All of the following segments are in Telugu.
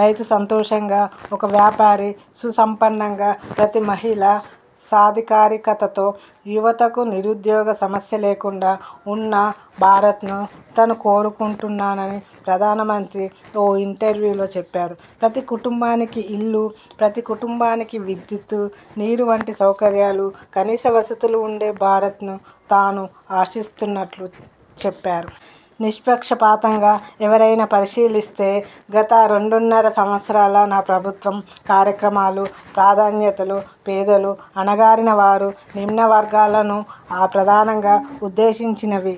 రైతు సంతోషంగా, ఒక వ్యాపారి సుసంపన్నంగా, ప్రతి మహిళా సాధికారికతతో, యువతకు నిరుద్యోగ సమస్య లేకుండా ఉన్న భారత్ను తాను కోరుకుంటున్నానని ప్రధానమంత్రి ఒక ఇంటర్వ్యూలో చెప్పారు. ప్రతి కుటుంబానికీ ఇల్లు, ప్రతి కుటుంబానికి విద్యుత్, నీరు వంటి సౌకర్యాలు, కనీస వసతులు ఉండే భారత్ను తాను ఆశిస్తున్నట్లు చెప్పారు. 'నిష్పక్ష పాతంగా ఎవరైనా పరిశీలిస్తే గత రెండున్నర సంవత్సరాల నా ప్రభుత్వం కార్యక్రమాలూ, ప్రాధాన్యతలూ పేదలు, అణగారిన వారు, నిమ్నవర్గాలను ప్రధానంగా ఉద్దేశించినవని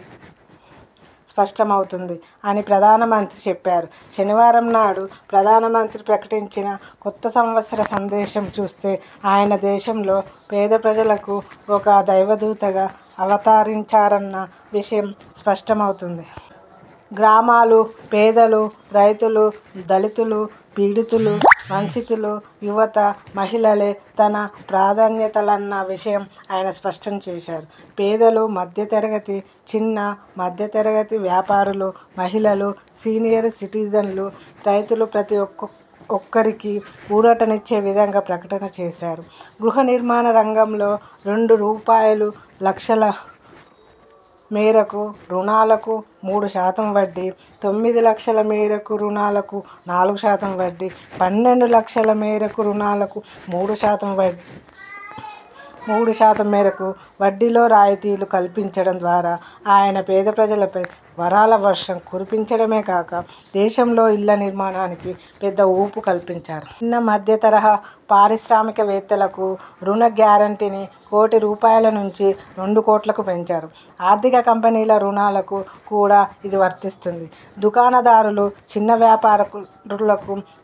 స్పష్టమవుతుంది' అని ప్రధానమంత్రి చెప్పారు. శనివారం నాడు ప్రధానమంత్రి ప్రకటించిన కొత్త సంవత్సర సందేశం చూస్తే ఆయన దేశంలో పేద ప్రజలకు ఒక దైవదూతగా అవతరించారన్న విషయం స్పష్టమవుతుంది. గ్రామాలు, పేదలు, రైతులు, దళితులు, పీడితులు, వంచితులు, యువత, మహిళలే తన ప్రాధాన్యతలన్న విషయం ఆయన స్పష్టంచేశారు. పేదలు, మధ్యతరగతి, చిన్న, మధ్యతరగతి వ్యాపారులు, మహిళలు, సీనియర్ సిటిజన్లు, రైతులు ప్రతిఒక్కరికీ ఊరటనిచ్చే విధంగా ప్రకటన చేశారు. గృహ నిర్మాణ రంగంలో రెండు రూపాయలులక్షల మేరకు రుణాలకు మూడు శాతం వడ్డీ, తొమ్మిది లక్షల మేరకు రుణాలకు నాలుగు శాతం వడ్డీ, పన్నెండు లక్షల మేరకు రుణాలకు మూడు శాతం మేరకు వడ్డీలో రాయితీలు కల్పించడం ద్వారా ఆయన పేద ప్రజలపై వరాల వర్షం కురిపించడమే కాక దేశంలో ఇళ్ల నిర్మాణానికి పెద్ద ఊపు కల్పించారు. చిన్న మధ్యత రహా పారిశ్రామికవేత్తలకు రుణ గ్యారంటీని కోటి రూపాయలు నుంచి రెండు కోట్లకు పెంచారు. ఆర్థిక కంపెనీల రుణాలకు కూడా ఇది వర్తిస్తుంది. దుకాణదారులు, చిన్న వ్యాపారులకు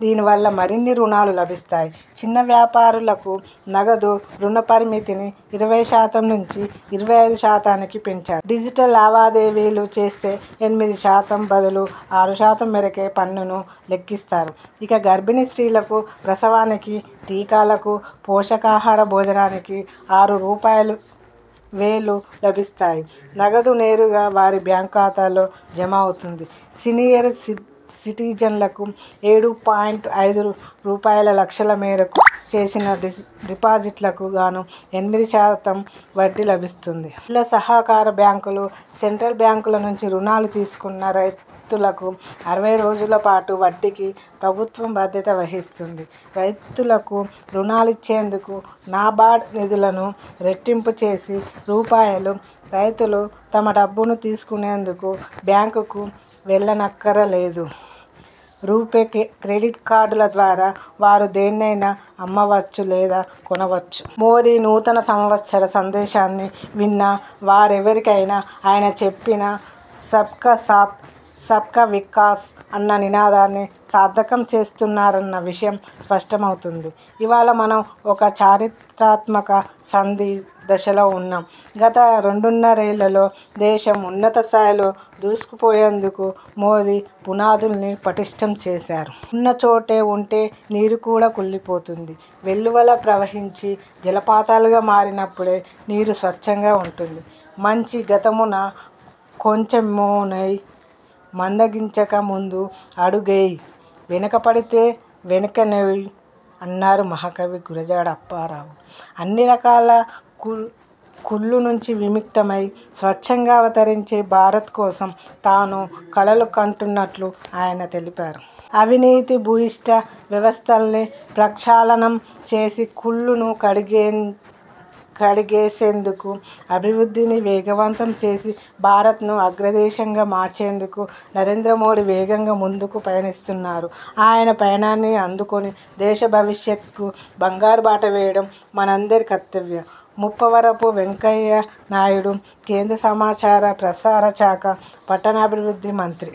దీనివల్ల మరిన్ని రుణాలు లభిస్తాయి. చిన్న వ్యాపారులకు నగదు రుణ పరిమితిని ఇరవై శాతం నుంచి, ఇరవై ఐదు శాతానికి పెంచారు. డిజిటల్ లావాదేవీలు చేస్తే ఎనిమిది శాతం బదులు ఆరు శాతం మేరకే పన్నును లెక్కిస్తారు. ఇక గర్భిణీ స్త్రీలకు ప్రసవానికి, టీకాలకు, పోషకాహార భోజనానికి ఆరు రూపాయలువేలు లభిస్తాయి. నగదు నేరుగా వారి బ్యాంకు ఖాతాల్లో జమ అవుతుంది. సీనియర్ సిటిజన్లకు ఏడు పాయింట్ ఐదు రూపాయలు లక్షల మేరకు చేసిన డిపాజిట్లకు గాను ఎనిమిది శాతం వడ్డీ లభిస్తుంది. జిల్లా సహకార బ్యాంకులు, సెంట్రల్ బ్యాంకుల నుంచి రుణాలు తీసుకున్న రైతులకు అరవై రోజుల పాటు వడ్డీకి ప్రభుత్వం బాధ్యత వహిస్తుంది. రైతులకు రుణాలు ఇచ్చేందుకు నాబార్డ్ నిధులను రెట్టింపు చేసి రూపాయలు, రైతులు తమ డబ్బును తీసుకునేందుకు బ్యాంకుకు వెళ్లనక్కర్లేదు. రూపే క్రెడిట్ కార్డుల ద్వారా వారు దేన్నైనా అమ్మవచ్చు లేదా కొనవచ్చు. మోదీ నూతన సంవత్సర సందేశాన్ని విన్న వారెవరికైనా ఆయన చెప్పిన సబ్ కా సాథ్, సబ్ కా వికాస్ అన్న నినాదాన్ని సార్థకం చేస్తున్నారన్న విషయం స్పష్టమవుతుంది. ఇవాళ మనం ఒక చారిత్రాత్మక సంధి దశలో ఉన్నాం. గత రెండున్నరేళ్లలో దేశం, ఉన్నత స్థాయిలో దూసుకుపోయేందుకు మోదీ పునాదుల్ని పటిష్ఠం చేశారు. ఉన్న చోట ఉంటే నీరు కూడా కుళ్లిపోతుంది. వెల్లువలా ప్రవహించి, జలపాతాలుగా మారినప్పుడే నీరు స్వచ్ఛంగా ఉంటుంది. 'మంచి గతమున కొంచెమేనోయ్, మందగించక ముందు అడుగేయ్, వెనుకపడితే వెనుకేనోయ్' అన్నారు మహాకవి గురజాడ అప్పారావు. అన్ని రకాల కుళ్లు నుంచి విముక్తమై స్వచ్ఛంగా అవతరించే భారత్ కోసం తాను కలలు కంటున్నట్లు ఆయన తెలిపారు. అవినీతి భూయిష్ట వ్యవస్థల్ని ప్రక్షాళనం చేసి కుళ్లును కడిగేసేందుకు, అభివృద్ధిని వేగవంతం చేసి భారత్ను అగ్రదేశంగా మార్చేందుకు నరేంద్ర మోదీ వేగంగా ముందుకు పయనిస్తున్నారు. ఆయన పయనాన్ని అందుకుని దేశ భవిష్యత్కు బంగారు బాట వేయడం మనందరి కర్తవ్యం, ముప్పవరపు వెంకయ్యనాయుడు కేంద్ర సమాచార ప్రసార శాఖ, పట్టణాభివృద్ధి మంత్రి.